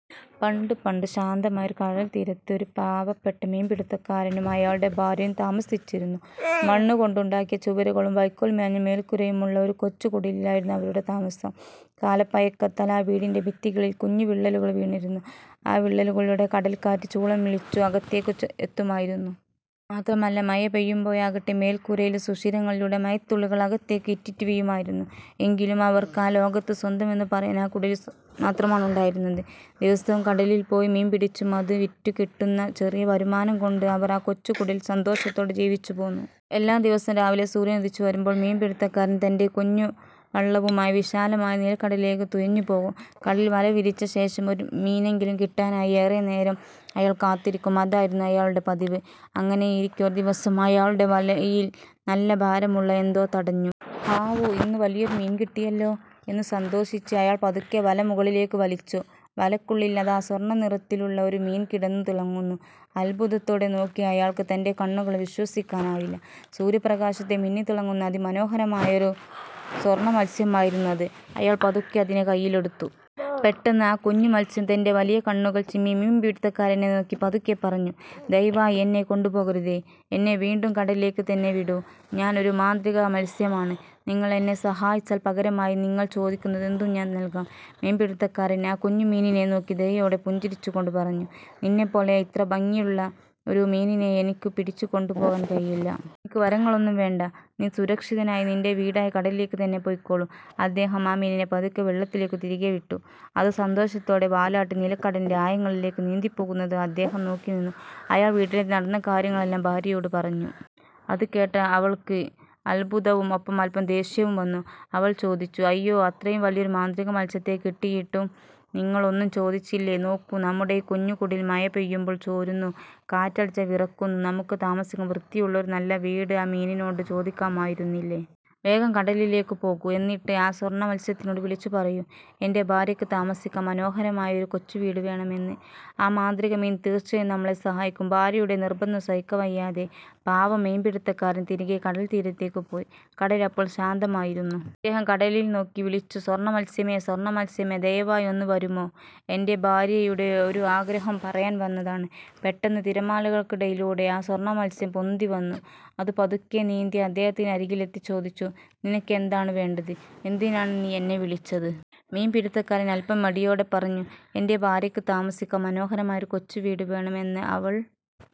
പണ്ട് പണ്ട്, ശാന്തമായ ഒരു കടൽത്തീരത്ത് ഒരു പാവപ്പെട്ട മീൻപിടുത്തക്കാരനും അയാളുടെ ഭാര്യയും താമസിച്ചിരുന്നു. മണ്ണു കൊണ്ടുണ്ടാക്കിയ ചുവരുകളും വൈക്കോൽ മേഞ്ഞ മേൽക്കൂരയുമുള്ള ഒരു കൊച്ചു കുടിലിലായിരുന്നു അവരുടെ താമസം. കാലപ്പഴക്കത്താൽ ആ വീടിന്റെ ഭിത്തികളിൽ കുഞ്ഞു വിള്ളലുകൾ വീണിരുന്നു. ആ വിള്ളലുകളിലൂടെ കടൽക്കാറ്റ് ചൂളംവിളിച്ചു അകത്തേക്ക് എത്തുമായിരുന്നു. മാത്രമല്ല മഴ പെയ്യുമ്പോഴാകട്ടെ, മേൽക്കൂരയിലെ സുഷിരങ്ങളിലൂടെ മഴത്തുള്ളികൾ അകത്തേക്ക് ഇറ്റിറ്റു വീഴുമായിരുന്നു. എങ്കിലും, അവർക്ക് ആ ലോകത്ത് സ്വന്തമെന്ന് പറയാൻ ആ കുടിൽ മാത്രമാണുണ്ടായിരുന്നത്. ദിവസവും കടലിൽ പോയി മീൻ പിടിച്ചും, അത് വിറ്റു കിട്ടുന്ന ചെറിയ വരുമാനം കൊണ്ട് അവർ ആ കൊച്ചു കുടിലിൽ സന്തോഷത്തോടെ ജീവിച്ചു പോന്നു. എല്ലാ ദിവസവും രാവിലെ, സൂര്യൻ ഉദിച്ചു വരുമ്പോൾ മീൻപിടിത്തക്കാരൻ തന്റെ കുഞ്ഞു വള്ളവുമായി വിശാലമായ നീലക്കടലിലേക്ക് തുഴഞ്ഞു പോകും. കടലിൽ വല വിരിച്ച ശേഷം ഒരു മീനെങ്കിലും കിട്ടാനായി ഏറെ നേരം അയാൾ കാത്തിരിക്കും. അതായിരുന്നു അയാളുടെ പതിവ്. അങ്ങനെയിരിക്കെ ഒരു ദിവസം, അയാളുടെ വലയിൽ നല്ല ഭാരമുള്ള എന്തോ തടഞ്ഞു. "ഹാവൂ, ഇന്ന് വലിയൊരു മീൻ കിട്ടിയല്ലോ! " എന്ന് സന്തോഷിച്ച് അയാൾ പതുക്കെ വല മുകളിലേക്ക് വലിച്ചു. വലയ്ക്കുള്ളിൽ അതാ സ്വർണ്ണനിറത്തിലുള്ള ഒരു മീൻ കിടന്ന് തിളങ്ങുന്നു! അത്ഭുതത്തോടെ നോക്കിയ അയാൾക്ക് തന്റെ കണ്ണുകളെ വിശ്വസിക്കാനായില്ല. സൂര്യപ്രകാശത്തിൽ മിന്നിത്തിളങ്ങുന്ന അതിമനോഹരമായ ഒരു സ്വർണ്ണമത്സ്യമായിരുന്നു അത്. അയാൾ പതുക്കെ അതിനെ കൈയിലെടുത്തു. പെട്ടെന്ന് ആ കുഞ്ഞു മത്സ്യം തന്റെ വലിയ കണ്ണുകൾ ചിമ്മി മീൻപിടിത്തക്കാരനെ നോക്കി പതുക്കെ പറഞ്ഞു: "ദയവായി എന്നെ കൊണ്ടുപോകരുതേ! എന്നെ വീണ്ടും കടലിലേക്ക് തന്നെ വിടൂ. ഞാൻ ഒരു മാന്ത്രിക മത്സ്യമാണ്. നിങ്ങൾ എന്നെ സഹായിച്ചാൽ, പകരമായി നിങ്ങൾ ചോദിക്കുന്നതെന്തും ഞാൻ നൽകാം! " മീൻപിടിത്തക്കാരൻ ആ കുഞ്ഞു മീനിനെ നോക്കി ദയയോടെ പുഞ്ചിരിച്ചുകൊണ്ട് പറഞ്ഞു: "നിന്നെപ്പോലെ ഇത്ര ഭംഗിയുള്ള ഒരു മീനിനെ എനിക്ക് പിടിച്ചു കൊണ്ടുപോകാൻ കഴിയില്ല. എനിക്ക് വരങ്ങളൊന്നും വേണ്ട, നീ സുരക്ഷിതനായി നിന്റെ വീടായ കടലിലേക്ക് തന്നെ പൊയ്ക്കോളൂ. " അദ്ദേഹം ആ മീനിനെ പതുക്കെ വെള്ളത്തിലേക്ക് തിരികെ വിട്ടു. അത് സന്തോഷത്തോടെ വാലാട്ടി നീലക്കടലിന്റെ ആഴങ്ങളിലേക്ക് നീന്തിപ്പോകുന്നത് അദ്ദേഹം നോക്കി നിന്നു. അയാൾ വീട്ടിലെത്തി നടന്ന കാര്യങ്ങളെല്ലാം ഭാര്യയോട് പറഞ്ഞു. അത് കേട്ടപ്പോൾ അവൾക്ക് അത്ഭുതവും ഒപ്പം അല്പം ദേഷ്യവും വന്നു. അവൾ ചോദിച്ചു "അയ്യോ! അത്രയും വലിയൊരു മാന്ത്രിക മത്സ്യത്തെ കിട്ടിയിട്ടും നിങ്ങൾ ഒന്നും ചോദിച്ചില്ലേ? നോക്കൂ, നമ്മുടെ ഈ കുഞ്ഞു കുടിൽ മഴ പെയ്യുമ്പോൾ ചോരുന്നു, കാറ്റടിച്ചാൽ വിറയ്ക്കുന്നു. നമുക്ക് താമസിക്കാൻ വൃത്തിയുള്ള ഒരു നല്ല വീട് ആ മീനിനോട് ചോദിക്കാമായിരുന്നില്ലേ? വേഗം കടലിലേക്ക് പോകൂ. എന്നിട്ട് ആ സ്വർണ്ണമത്സ്യത്തിനോട് വിളിച്ചു പറയൂ: എന്റെ ഭാര്യയ്ക്ക് താമസിക്കാൻ മനോഹരമായ ഒരു കൊച്ചു വീട് വേണം എന്ന്. ആ മാന്ത്രിക മീൻ തീർച്ചയായും നമ്മളെ സഹായിക്കും! " ഭാര്യയുടെ നിർബന്ധം സഹിക്കവയ്യാതെ പാവം മീൻപിടിത്തക്കാരൻ തിരികെ കടൽത്തീരത്തേക്ക് പോയി. കടൽ അപ്പോൾ ശാന്തമായിരുന്നു. അദ്ദേഹം കടലിൽ നോക്കി വിളിച്ചു "സ്വർണ്ണമത്സ്യമേ, സ്വർണ്ണമത്സ്യമേ, ദയവായി ഒന്ന് വരുമോ? എന്റെ ഭാര്യയുടെ ഒരു ആഗ്രഹം പറയാൻ വന്നതാണ്. " പെട്ടെന്ന്, തിരമാലകൾക്കിടയിലൂടെ ആ സ്വർണ്ണമത്സ്യം പൊന്തിവന്നു. അത് പതുക്കെ നീന്തി അദ്ദേഹത്തിന് അരികിലെത്തി ചോദിച്ചു: "നിനക്ക് എന്താണ് വേണ്ടത്? എന്തിനാണ് നീ എന്നെ വിളിച്ചത്? " മീൻപിടിത്തക്കാരൻ അല്പം മടിയോടെ പറഞ്ഞു: "എന്റെ ഭാര്യയ്ക്ക് താമസിക്കാൻ മനോഹരമായ ഒരു കൊച്ചു വീട് വേണം എന്ന് അവൾ